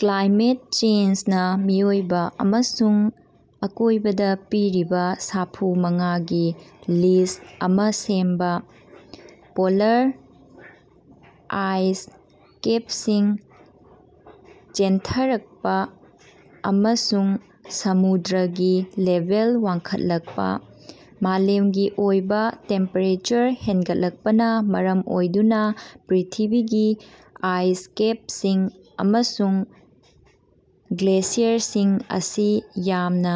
Climate ꯆꯦꯟꯖꯅꯥ ꯃꯤꯑꯣꯏꯕ ꯑꯃꯁꯨꯡ ꯑꯀꯣꯏꯕꯗꯥ ꯄꯤꯔꯤꯕ ꯁꯥꯐꯨ ꯃꯉꯥꯒꯤ ꯂꯤꯁ꯭ꯠ ꯑꯃ ꯁꯦꯝꯕ꯫ ꯄꯣꯂꯥꯔ ꯑꯥꯏꯁ ꯀꯦꯞꯁꯤꯡ ꯆꯦꯟꯊꯔꯛꯄ ꯑꯃꯁꯨꯡ ꯁꯃꯨꯗ꯭ꯔꯒꯤ ꯂꯦꯚꯦꯜ ꯋꯥꯡꯈꯠꯂꯛꯄ - ꯃꯥꯂꯦꯝꯒꯤ ꯑꯣꯏꯕ ꯇꯦꯝꯄꯦꯔꯦꯆꯔ ꯍꯦꯟꯒꯠꯂꯛꯄꯅ ꯃꯔꯝ ꯑꯣꯏꯗꯨꯅ ꯄ꯭ꯔꯤꯊꯤꯕꯤꯒꯤ ꯑꯥꯏꯁ ꯀꯦꯞꯁꯤꯡ ꯑꯃꯁꯨꯡ ꯒ꯭ꯂꯦꯁꯤꯌꯔꯁꯤꯡ ꯑꯁꯤ ꯌꯥꯝꯅ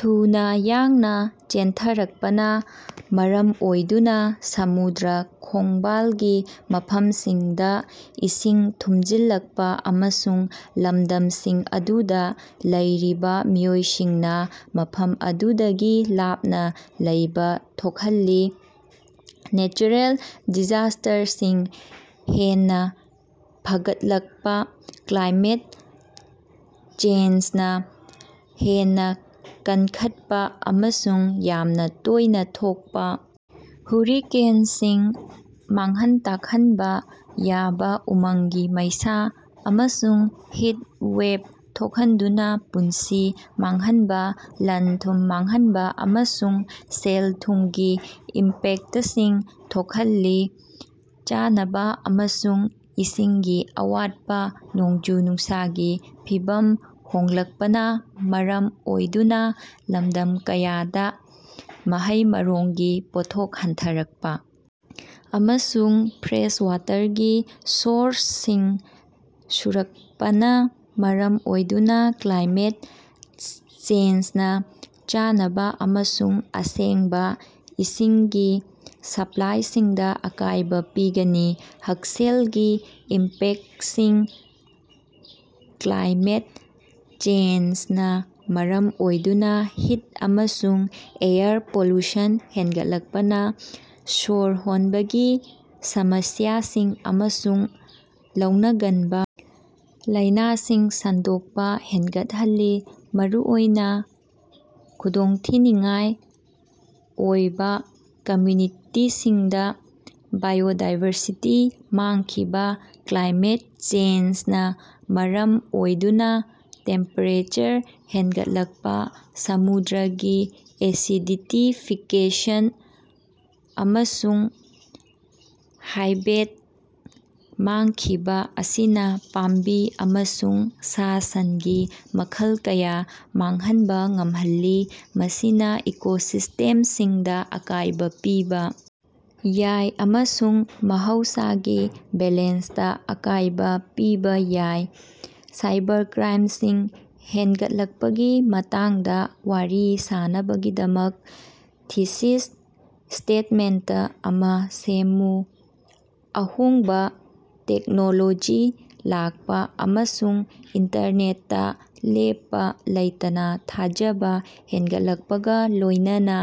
ꯊꯨꯅ ꯌꯥꯡꯅ ꯆꯦꯟꯊꯔꯛꯄꯅ ꯃꯔꯝ ꯑꯣꯏꯗꯨꯅ ꯁꯃꯨꯗ꯭ꯔ ꯈꯣꯡꯕꯥꯜꯒꯤ ꯃꯐꯝꯁꯤꯡꯗ ꯏꯁꯤꯡ ꯊꯨꯝꯖꯤꯜꯂꯛꯄ ꯑꯃꯁꯨꯡ ꯂꯝꯗꯝꯁꯤꯡ ꯑꯗꯨꯗ ꯂꯩꯔꯤꯕ ꯃꯤꯑꯣꯏꯁꯤꯡꯅ ꯃꯐꯝ ꯑꯗꯨꯗꯒꯤ ꯂꯥꯞꯅ ꯂꯩꯕ ꯊꯣꯛꯍꯜꯂꯤ꯫ ꯅꯦꯆꯔꯦꯜ ꯗꯤꯖꯥꯁ꯭ꯇꯔꯁꯤꯡ ꯍꯦꯟꯅ ꯐꯒꯠꯂꯛꯄ - ꯀ꯭ꯂꯥꯏꯃꯦꯠ ꯆꯦꯟꯖꯅꯥ ꯍꯦꯟꯅ ꯀꯟꯈꯠꯄ ꯑꯃꯁꯨꯡ ꯌꯥꯝꯅ ꯇꯣꯏꯅ ꯊꯣꯛꯄ ꯍꯨꯔꯤꯀꯦꯟꯁꯤꯡ, ꯃꯥꯡꯍꯟ ꯇꯥꯛꯍꯟꯕ ꯌꯥꯕ ꯎꯃꯪꯒꯤ ꯃꯩꯁꯥ, ꯑꯃꯁꯨꯡ ꯍꯤꯠ ꯋꯦꯚ ꯊꯣꯛꯍꯟꯗꯨꯅ ꯄꯨꯟꯁꯤ ꯃꯥꯡꯍꯟꯕ, ꯂꯟ-ꯊꯨꯝ ꯃꯥꯡꯍꯟꯕ ꯑꯃꯁꯨꯡ ꯁꯦꯜ-ꯊꯨꯝꯒꯤ ꯏꯝꯄꯦꯛꯇꯁꯤꯡ ꯊꯣꯛꯍꯜꯂꯤ꯫ ꯆꯥꯅꯕ ꯑꯃꯁꯨꯡ ꯏꯁꯤꯡꯒꯤ ꯑꯋꯥꯠꯄ - ꯅꯣꯡꯖꯨ-ꯅꯨꯡꯁꯥꯒꯤ ꯐꯤꯚꯝ ꯍꯣꯡꯂꯛꯄꯅꯥ ꯃꯔꯝ ꯑꯣꯏꯗꯨꯅ ꯂꯝꯗꯝ ꯀꯌꯥꯗ ꯃꯍꯩ-ꯃꯔꯣꯡꯒꯤ ꯄꯣꯠꯊꯣꯛ ꯍꯟꯊꯔꯛꯄ ꯑꯃꯁꯨꯡ ꯐ꯭ꯔꯦꯁ ꯋꯥꯇꯔꯒꯤ ꯁꯣꯔꯁꯁꯤꯡ ꯁꯨꯔꯛꯄꯅꯥ ꯃꯔꯝ ꯑꯣꯏꯗꯨꯅ ꯀ꯭ꯂꯥꯏꯃꯦꯠ ꯆꯦꯟꯖꯅꯥ ꯆꯥꯅꯕꯥ ꯑꯃꯁꯨꯡ ꯑꯁꯦꯡꯕ ꯏꯁꯤꯡꯒꯤ ꯁꯄ꯭ꯂꯥꯏꯁꯤꯡꯗ ꯑꯀꯥꯏꯕ ꯄꯤꯒꯅꯤ꯫ ꯍꯛꯁꯦꯜꯒꯤ ꯏꯝꯄꯦꯛꯇꯁꯤꯡ - ꯀ꯭ꯂꯥꯏꯃꯦꯠ ꯆꯦꯟꯖꯅꯥ ꯃꯔꯝ ꯑꯣꯏꯗꯨꯅ ꯍꯤꯠ ꯑꯃꯁꯨꯡ ꯑꯦꯌꯔ ꯄꯣꯂꯨꯁꯟ ꯍꯦꯟꯒꯠꯂꯛꯄꯅꯥ ꯁꯣꯔ ꯍꯣꯟꯕꯒꯤ ꯁꯃꯁ꯭ꯌꯥꯁꯤꯡ ꯑꯃꯁꯨꯡ ꯂꯧꯅꯒꯟꯕ ꯂꯥꯏꯅꯥꯁꯤꯡ ꯁꯟꯗꯣꯛꯄ ꯍꯦꯟꯒꯠꯍꯜꯂꯤ, ꯃꯔꯨꯑꯣꯏꯅ ꯈꯨꯗꯣꯡꯊꯤꯅꯤꯉꯥꯏ ꯑꯣꯏꯕꯥ ꯀꯝꯃ꯭ꯌꯨꯅꯤꯇꯤꯁꯤꯡꯗ꯫ ꯕꯥꯏꯑꯣꯗꯥꯏꯕꯔꯁꯤꯇꯤ ꯃꯥꯡꯈꯤꯕ - ꯀ꯭ꯂꯥꯏꯃꯦꯠ ꯆꯦꯟꯖꯅꯥ ꯃꯔꯝ ꯑꯣꯏꯗꯨꯅ ꯇꯦꯝꯄꯦꯔꯦꯆꯔ ꯍꯦꯟꯒꯠꯂꯛꯄ, ꯁꯃꯨꯗ꯭ꯔꯒꯤ ꯑꯦꯁꯤꯗꯤꯐꯤꯀꯦꯁꯟ, ꯑꯃꯁꯨꯡ ꯍꯥꯏꯕꯦꯠ ꯃꯥꯡꯈꯤꯕ ꯑꯁꯤꯅ ꯄꯥꯝꯕꯤ ꯑꯃꯁꯨꯡ ꯁꯥ-ꯁꯟꯒꯤ ꯃꯈꯜ ꯀꯌꯥ ꯃꯥꯡꯍꯟꯕ ꯉꯝꯍꯜꯂꯤ, ꯃꯁꯤꯅ ꯏꯀꯣꯁꯤꯁꯇꯦꯝꯁꯤꯡꯗ ꯑꯀꯥꯏꯕ ꯄꯤꯕ ꯌꯥꯏ ꯑꯃꯁꯨꯡ ꯃꯍꯧꯁꯥꯒꯤ ꯕꯦꯂꯦꯟꯁꯇꯥ ꯑꯀꯥꯏꯕ ꯄꯤꯕ ꯌꯥꯏ꯫ ꯁꯥꯏꯕꯔꯀ꯭ꯔꯥꯏꯝꯁꯤꯡ ꯍꯦꯟꯒꯠꯂꯛꯄꯒꯤ ꯃꯇꯥꯡꯗ ꯋꯥꯔꯤ ꯁꯥꯅꯕꯒꯤꯗꯃꯛ ꯊꯤꯁꯤꯁ ꯁ꯭ꯇꯦꯠꯃꯦꯟꯇ ꯑꯃ ꯁꯦꯝꯃꯨ꯫ ꯑꯍꯣꯡꯕ ꯇꯦꯛꯅꯣꯂꯣꯖꯤ ꯂꯥꯛꯄ ꯑꯃꯁꯨꯡ ꯏꯟꯇꯔꯅꯦꯠꯇꯥ ꯂꯦꯞꯄ ꯂꯩꯇꯅꯥ ꯊꯥꯖꯕꯥ ꯍꯦꯟꯒꯠꯂꯛꯄꯒ ꯂꯣꯏꯅꯅꯥ,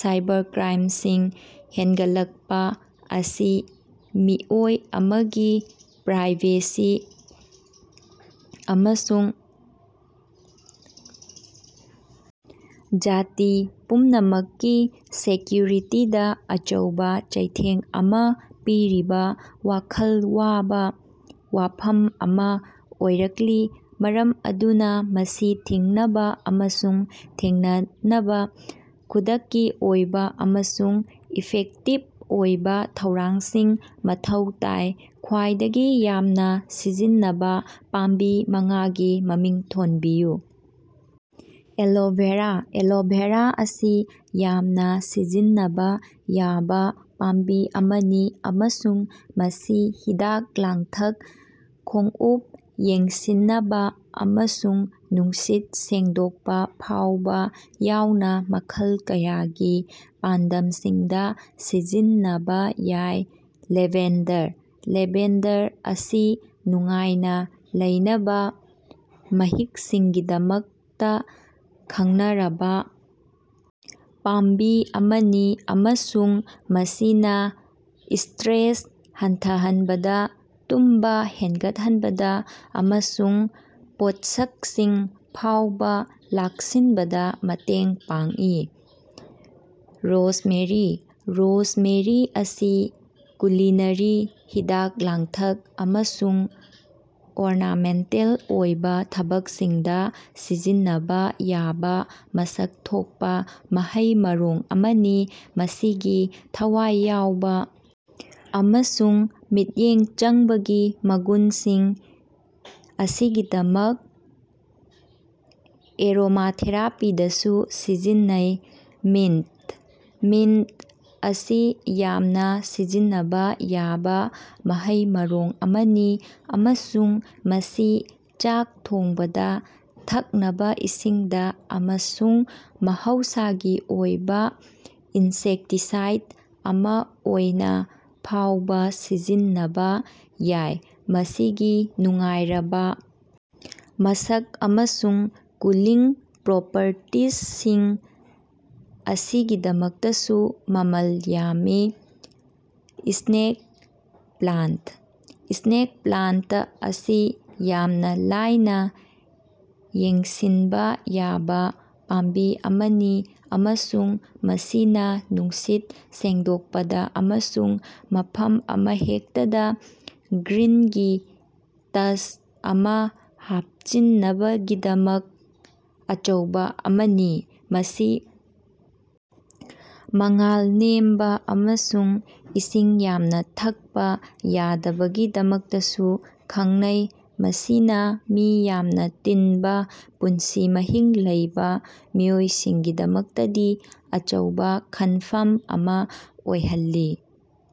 ꯁꯥꯏꯕꯔꯀ꯭ꯔꯥꯏꯝꯁꯤꯡ ꯍꯦꯟꯒꯠꯂꯛꯄꯥ ꯑꯁꯤ ꯃꯤꯑꯣꯏ ꯑꯃꯒꯤ ꯄ꯭ꯔꯥꯏꯚꯦꯁꯤ ꯑꯃꯁꯨꯡ ꯖꯥꯇꯤ ꯄꯨꯝꯅꯃꯛꯀꯤ ꯁꯦꯀ꯭ꯌꯨꯔꯤꯇꯤꯗ ꯑꯆꯧꯕ ꯆꯩꯊꯦꯡ ꯑꯃ ꯄꯤꯔꯤꯕ ꯋꯥꯈꯜ ꯋꯥꯕ ꯋꯥꯐꯝ ꯑꯃ ꯑꯣꯏꯔꯛꯂꯤ, ꯃꯔꯝ ꯑꯗꯨꯅ ꯃꯁꯤ ꯊꯤꯡꯅꯕ ꯑꯃꯁꯨꯡ ꯊꯦꯡꯅꯅꯕꯥ ꯈꯨꯗꯛꯀꯤ ꯑꯣꯏꯕ ꯑꯃꯁꯨꯡ ꯏꯐꯦꯛꯇꯤꯚ ꯑꯣꯏꯕ ꯊꯧꯔꯥꯡꯁꯤꯡ ꯃꯊꯧ ꯇꯥꯏ꯫ ꯈ꯭ꯋꯥꯏꯗꯒꯤ ꯌꯥꯝꯅ ꯁꯤꯖꯤꯟꯅꯕ ꯄꯥꯝꯕꯤ ꯃꯉꯥꯒꯤ ꯃꯃꯤꯡ ꯊꯣꯟꯕꯤꯌꯨ꯫ ꯑꯦꯂꯣꯚꯦꯔꯥ - ꯑꯦꯂꯣꯚꯦꯔꯥ ꯑꯁꯤ ꯌꯥꯝꯅ ꯁꯤꯖꯤꯟꯅꯕ ꯌꯥꯕ ꯄꯥꯝꯕꯤ ꯑꯃꯅꯤ ꯑꯃꯁꯨꯡ ꯃꯁꯤ ꯍꯤꯗꯥꯛ ꯂꯥꯡꯊꯛ, ꯈꯣꯡꯎꯞ ꯌꯦꯡꯁꯤꯅꯕꯥ, ꯑꯃꯁꯨꯡ ꯅꯨꯡꯁꯤꯠ ꯁꯦꯡꯗꯣꯛꯄ ꯐꯥꯎꯕ ꯌꯥꯎꯅ ꯃꯈꯜ ꯀꯌꯥꯒꯤ ꯄꯥꯟꯗꯝꯁꯤꯡꯗ ꯁꯤꯖꯤꯟꯅꯕ ꯌꯥꯏ꯫ ꯂꯦꯚꯦꯟꯗꯔ - ꯂꯦꯚꯦꯟꯗꯔ ꯑꯁꯤ ꯅꯨꯡꯉꯥꯏꯅ ꯂꯩꯅꯕꯥ ꯃꯍꯤꯛꯁꯤꯡꯒꯤꯗꯃꯛꯇ ꯈꯪꯅꯔꯕꯥ ꯄꯥꯝꯕꯤ ꯑꯃꯅꯤ ꯑꯃꯁꯨꯡ ꯃꯁꯤꯅ ꯁ꯭ꯇꯔꯦꯁ ꯍꯟꯊꯍꯟꯕꯗ, ꯇꯨꯝꯕ ꯍꯦꯟꯒꯠꯍꯟꯕꯗ ꯑꯃꯁꯨꯡ ꯄꯣꯠꯁꯛꯁꯤꯡ ꯐꯥꯎꯕ ꯂꯥꯛꯁꯤꯟꯕꯗꯥ ꯃꯇꯦꯡ ꯄꯥꯡꯏ꯫ ꯔꯣꯖꯃꯦꯔꯤ - ꯔꯣꯖꯃꯦꯔꯤ ꯑꯁꯤ ꯀꯨꯂꯤꯅꯔꯤ, ꯍꯤꯗꯥꯛ-ꯂꯥꯡꯊꯛ ꯑꯃꯁꯨꯡ ꯑꯣꯔꯅꯥꯃꯦꯟꯇꯦꯜ ꯑꯣꯏꯕ ꯊꯕꯛꯁꯤꯡꯗ ꯁꯤꯖꯤꯟꯅꯕꯥ ꯌꯥꯕ ꯃꯁꯛ ꯊꯣꯛꯄ ꯃꯍꯩ-ꯃꯔꯣꯡ ꯑꯃꯅꯤ꯫ ꯃꯁꯤꯒꯤ ꯊꯋꯥꯏ ꯌꯥꯎꯕ ꯑꯃꯁꯨꯡ ꯃꯤꯠꯌꯦꯡ ꯆꯪꯕꯒꯤ ꯃꯒꯨꯟꯁꯤꯡ ꯑꯁꯤꯒꯤꯗꯃꯛ ꯑꯦꯔꯣꯃꯥꯊꯦꯔꯥꯄꯤꯗꯁꯨ ꯁꯤꯖꯤꯟꯅꯩ꯫ ꯃꯤꯟꯇ - ꯃꯤꯟꯇ ꯑꯁꯤ ꯌꯥꯝꯅ ꯁꯤꯖꯤꯟꯅꯕꯥ ꯌꯥꯕ ꯃꯍꯩ-ꯃꯔꯣꯡ ꯑꯃꯅꯤ ꯑꯃꯁꯨꯡ ꯃꯁꯤ ꯆꯥꯛ ꯊꯣꯡꯕꯗ, ꯊꯛꯅꯕ ꯏꯁꯤꯡꯗ ꯑꯃꯁꯨꯡ ꯃꯍꯧꯁꯥꯒꯤ ꯑꯣꯏꯕ ꯏꯟꯁꯦꯛꯇꯤꯁꯥꯏꯗ ꯑꯃ ꯑꯣꯏꯅ ꯐꯥꯎꯕ ꯁꯤꯖꯤꯟꯅꯕꯥ ꯌꯥꯏ꯫ ꯃꯁꯤꯒꯤ ꯅꯨꯡꯉꯥꯏꯔꯕꯥ ꯃꯁꯛ ꯑꯃꯁꯨꯡ ꯀꯨꯂꯤꯡ ꯄ꯭ꯔꯣꯄꯔꯇꯤꯁꯤꯡ ꯑꯁꯤꯒꯤꯗꯃꯛꯇꯁꯨ ꯃꯃꯜ ꯌꯥꯝꯃꯤ꯫ ꯁ꯭ꯅꯦꯛ ꯄ꯭ꯂꯥꯟꯇ - ꯁ꯭ꯅꯦꯛ ꯄ꯭ꯂꯥꯟꯇ ꯑꯁꯤ ꯌꯥꯝꯅ ꯂꯥꯏꯅꯥ ꯌꯦꯡꯁꯤꯟꯕ ꯌꯥꯕ ꯄꯥꯝꯕꯤ ꯑꯃꯅꯤ ꯑꯃꯁꯨꯡ ꯃꯁꯤꯅ ꯅꯨꯡꯁꯤꯠ ꯁꯦꯡꯗꯣꯛꯄꯗ ꯑꯃꯁꯨꯡ ꯃꯐꯝ ꯑꯃꯍꯦꯛꯇꯗ ꯒ꯭ꯔꯤꯟꯒꯤ ꯇꯆ ꯑꯃ ꯍꯥꯞꯆꯤꯟꯅꯕꯒꯤꯗꯃꯛ ꯑꯆꯧꯕ ꯑꯃꯅꯤ꯫ ꯃꯁꯤ ꯃꯉꯥꯜ ꯅꯦꯝꯕ ꯑꯃꯁꯨꯡ ꯏꯁꯤꯡ ꯌꯥꯝꯅ ꯊꯛꯄ ꯌꯥꯗꯕꯒꯤꯗꯃꯛꯇꯁꯨ ꯈꯪꯅꯩ, ꯃꯁꯤꯅ ꯃꯤ ꯌꯥꯝꯅ ꯇꯤꯟꯕ ꯄꯨꯟꯁꯤ ꯃꯍꯤꯡ ꯂꯩꯕ ꯃꯤꯑꯣꯏꯁꯤꯡꯒꯤꯗꯃꯛꯇꯗꯤ ꯑꯆꯧꯕ ꯈꯟꯐꯝ ꯑꯃ ꯑꯣꯏꯍꯜꯂꯤ꯫